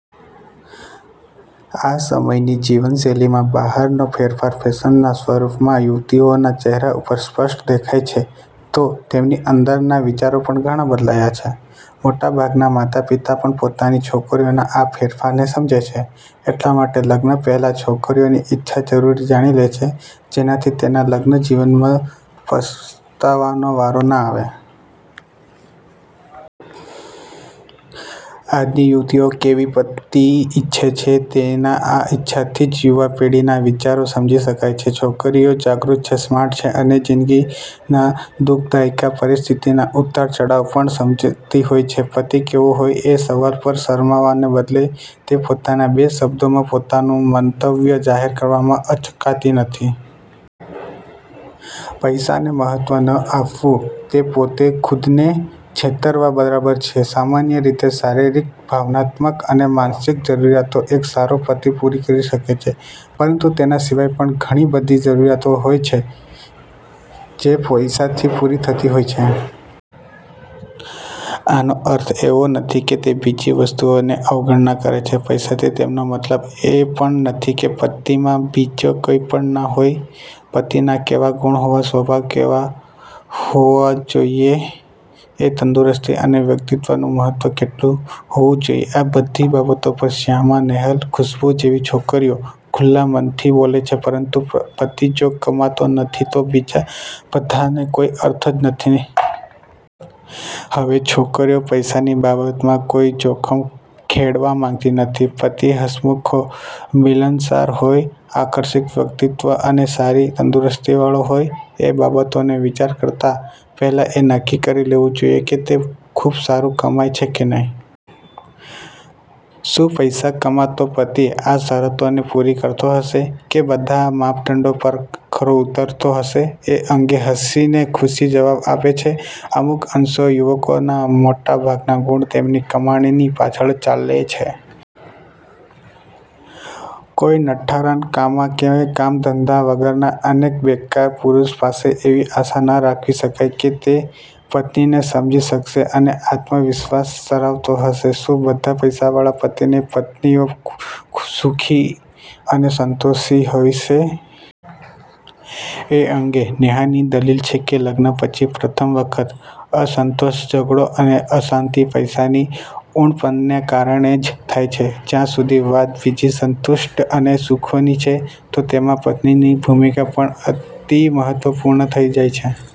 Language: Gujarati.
આ સમયની જીવનશૈલીમાં બહારનો ફેરફાર ફેશનના સ્વરૂપમાં યુવતીઓના ચહેરા ઉપર સ્પષ્ટ દેખાય છે તો તેમની અંદરના વિચારો પણ ઘણા બદલાયા છે. મોટાભાગનાં માતાપિતા પણ પોતાની છોકરીઓના આ ફેરફારને સમજે છે એટલા માટે લગ્ન પહેલાં છોકરીની ઈચ્છા જરૂર જાણી લે છે, જેનાથી તેને લગ્નજીવનમાં પસ્તાવાનો વારો ના આવે. આજની યુવતીઓ કેવો પતિ ઇચ્છે છે, તેની આ ઇચ્છાથી જ યુવા પેઢીના વિચારો સમજી શકાય છે. છોકરીઓ જાગૃત છે, સ્માર્ટ છે અને જિંદગીની દુ:ખદાયક પરિસ્થિતિના ઉતારચઢાવ પણ સમજતી હોય છે. પતિ કેવો હોય, એ સવાલ પર શરમાવાને બદલે તે પોતાના બે શબ્દોમાં પોતાનું મંતવ્ય જાહેર કરવામાં અચકાતી નથી. પૈસાને મહત્ત્વ ન આપવું તે પોતે ખુદને છેતરવા બરાબર છે. સામાન્ય રીતે શારીરિક, ભાવનાત્મક અને માનસિક જરૂરિયાતો એક સારો પતિ પૂરી કરી શકે છે, પરંતુ તેના સિવાય પણ ઘણીબધી જરૂરિયાતો હોય છે જે પૈસાથી પૂરી થતી હોય છે. આનો અર્થ એવો નથી કે તે બીજી વસ્તુઓની અવગણના કરે છે. પૈસાથી તેમનો મતલબ એ પણ નથી કે પતિમાં બીજું કાંઈ પણ ના હોય. પતિમાં કેવા ગુણ હોવા, સ્વભાવ કેવો હોવો જોઈએ, તંદુરસ્તી અને વ્યક્તિત્ત્વનું મહત્ત્વ કેટલું હોવું જોઈએ, આ બધી બાબતો પર શ્યામા, નેહલ, ખુશબૂ જેવી છોકરીઓ ખુલ્લા મનથી બોલે છે, પરંતુ પતિ જો કમાતો નથી તો બીજા બધાનો કોઈ અર્થ જ નથી. હવે છોકરીઓ પૈસાની બાબતમાં કોઈ જોખમ ખેડવા માંગતી નથી. પતિ હસમુખો, મિલનસાર હોય, આર્કષક વ્યક્તિત્વ અને સારી તંદુરસ્તીવાળો હોય, એ બાબતોનો વિચાર કરતાં પહેલાં એ નક્કી કરી લેવું જોઈએ કે તે ખૂબ સારું કમાય છે કે નહીં. શું પૈસા કમાતો પતિ આ શરતોને પૂરી કરતો હશે કે બધા માપદંડો પર ખરો ઊતરતો હશે? એ અંગે હસીને ખુશી જવાબ આપે છે, "અમુક અંશે યુવકોના મોટાભાગના ગુણ તેમની કમાણીની પાછળ જ ચાલે છે. કોઈ નઠારાનકામા કે કામધંધા વગરના અને બેકાર પુરુષ પાસે એવી આશા ન રાખી શકાય કે તે પત્નીને સમજી શકશે અને આત્મવિશ્વાસ ધરાવતો હશે. " શું બધા પૈસાવાળા પતિની પત્નીઓ સુખી અને સંતોષી હોય છે? એ અંગે નેહાની દલીલ છે કે લગ્ન પછી પ્રથમ વખત અસંતોષ, ઝઘડો અને અશાંતિ પૈસાની ઊણપને કારણે જ થાય છે. જ્યાં સુધી વાત બીજી સંતુષ્ટિ અને સુખોની છે, તો તેમાં પત્નીની ભૂમિકા પણ અતિ મહત્ત્વપૂર્ણ થઈ જાય છે.